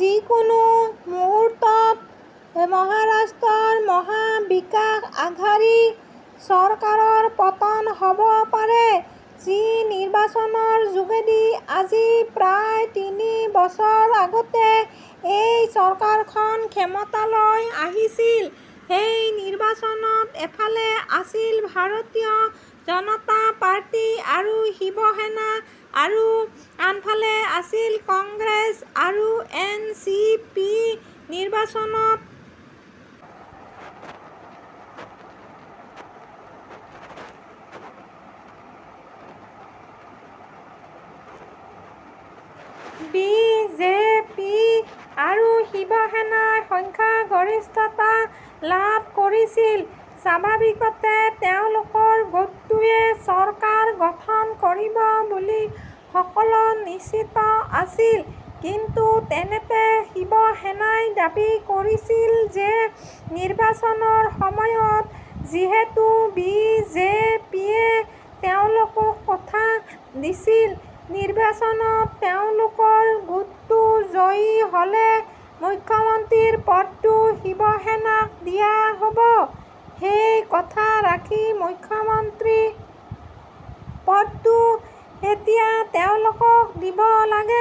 যি কোনো মুহূৰ্ততে মহাৰাষ্ট্ৰৰ মহা বিকাশ আঘাৰী চৰকাৰৰ পতন হ'ব পাৰে। যি নিৰ্বাচনৰ যোগেদি আজি প্ৰায় তিনি বছৰ আগতে এই চৰকাৰখন ক্ষমতালৈ আহিছিল, সেই নিৰ্বাচনত এফালে আছিল ভাৰতীয় জনতা পাৰ্টি আৰু শিৱসেনা আৰু আনফালে আছিল কংগ্ৰেছ আৰু এন চি পি। নিৰ্বাচনত বি জে পি আৰু শিৱসেনাই সংখ্যাগৰিষ্ঠতা লাভ কৰিছিল। স্বাভাৱিকতে তেওঁলোকৰ গোটটোৱে চৰকাৰ গঠন কৰিব বুলি সকলো নিশ্চিত আছিল, কিন্তু তেনেতে শিৱসেনাই দাবী কৰিছিল যে নিৰ্বাচনৰ সময়ত যিহেতু বি জে পিয়ে তেওঁলোকক কথা দিছিল নিৰ্বাচনত তেওঁলোকৰ গোটটো জয়ী হলে মুখ্যমন্ত্ৰীৰ পদটো শিৱসেনাক দিয়া হব, সেই কথা ৰাখি মুখ্যমন্ত্ৰীৰ পদটো এতিয়া তেওঁলোকক দিব লাগে।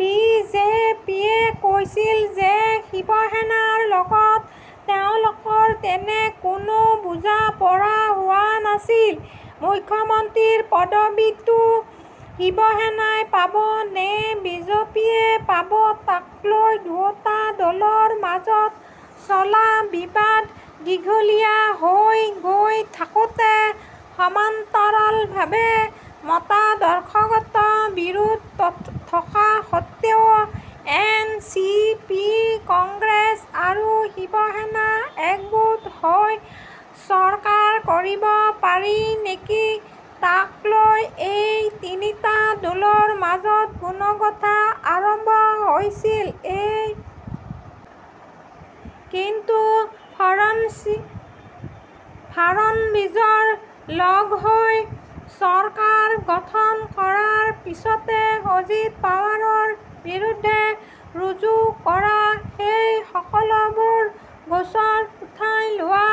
বি জে পিয়ে কৈছিল যে শিৱসেনাৰ লগত তেওঁলোকৰ তেনে কোনো বুজাপৰা হোৱা নাছিল। মুখ্যমন্ত্ৰীৰ পদবীটো শিৱসেনাই পাব নে বিজেপিয়ে পাব, তাকলৈ দুয়োটা দলৰ মাজত চলা বিবাদ দীঘলীয়াহৈ গৈ থাকোতে সমান্তৰালভাৱে মতাদৰ্শগত বিৰোধ থকা সত্বেও এন চি পি, কংগ্ৰেছ আৰু শিৱসেনা একগোট হৈ চৰকাৰ কৰিব পাৰি নেকি, তাকলৈ এই তিনিটা দলৰ মাজত গুণাগঁথা আৰম্ভ হৈছিল। এই কিন্তু ফাড়নবিছৰ লগহৈ চৰকাৰ গঠন কৰাৰ পিছতে অজিত পাৱাৰৰ বিৰুদ্ধে ৰুজু কৰা সেই সকলোবোৰ গোচৰ উঠাই লোৱা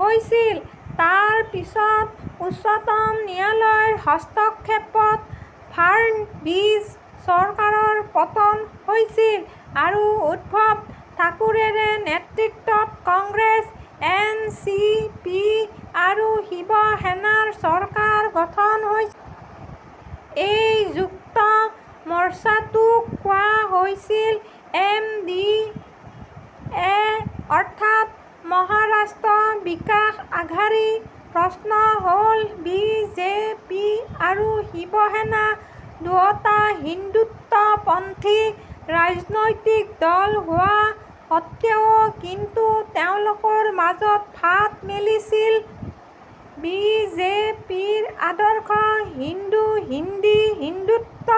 হৈছিল। তাৰ পিছতউচ্চতম ন্যায়ালয়ৰ হস্তক্ষেপত ফাড়নবিছ চৰকাৰৰ পতন হৈছিল আৰু উদ্ধৱ ঠাকৰেৰ নেতৃত্বত কংগ্ৰেছ, এন চি পি আৰু শিৱসেনাৰ চৰকাৰ গঠন হৈছিল। এই যুক্ত মৰ্চাটোক কোৱা হৈছিল এম ভি এ অৰ্থাৎ মহাৰাষ্ট্ৰ বিকাশ আঘাৰী। প্ৰশ্ন হ'ল বি জে পি আৰু শিৱসেনা দুয়োটা হিন্দুত্বপন্থী ৰাজনৈতিক দল হোৱা সত্ত্বেও কিয় তেওঁলোকৰ মাজত ফাট মেলিছিল? বি জে পিৰ আদৰ্শ হিন্দু, হিন্দী, হিন্দুত্ব।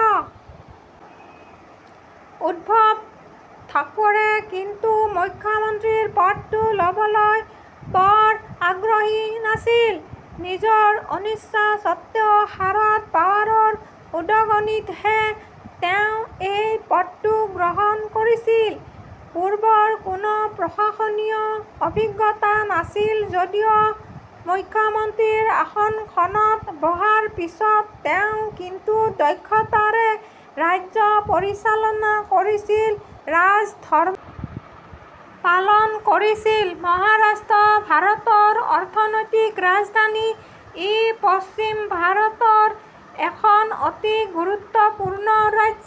উদ্ধৱ ঠাকৰে কিন্তু মুখ্যমন্ত্ৰী পদটো লবলৈ বৰ আগ্ৰহী নাছিল। নিজৰ অনিচ্ছা সত্ত্বেও শাৰদ পাৱাৰৰ উদগনিতহে তেওঁ এই পদটো গ্ৰহণ কৰিছিল। পূৰ্বৰ কোনো প্ৰশাসনীয় অভিজ্ঞতা নাছিল যদিও মুখ্যমন্ত্ৰীৰ আসনখনত বহাৰ পিছত তেওঁ কিন্তু দক্ষতাৰে ৰাজ্য পৰিচলনা কৰিছিল। ৰাজধৰ্ম পালন কৰিছিল। মহাৰাষ্ট্ৰ ভাৰতৰ অৰ্থনৈতিক ৰাজধানী। ই পশ্চিম ভাৰতৰ এখন অতি গুৰুত্বপূৰ্ণ ৰাজ্য।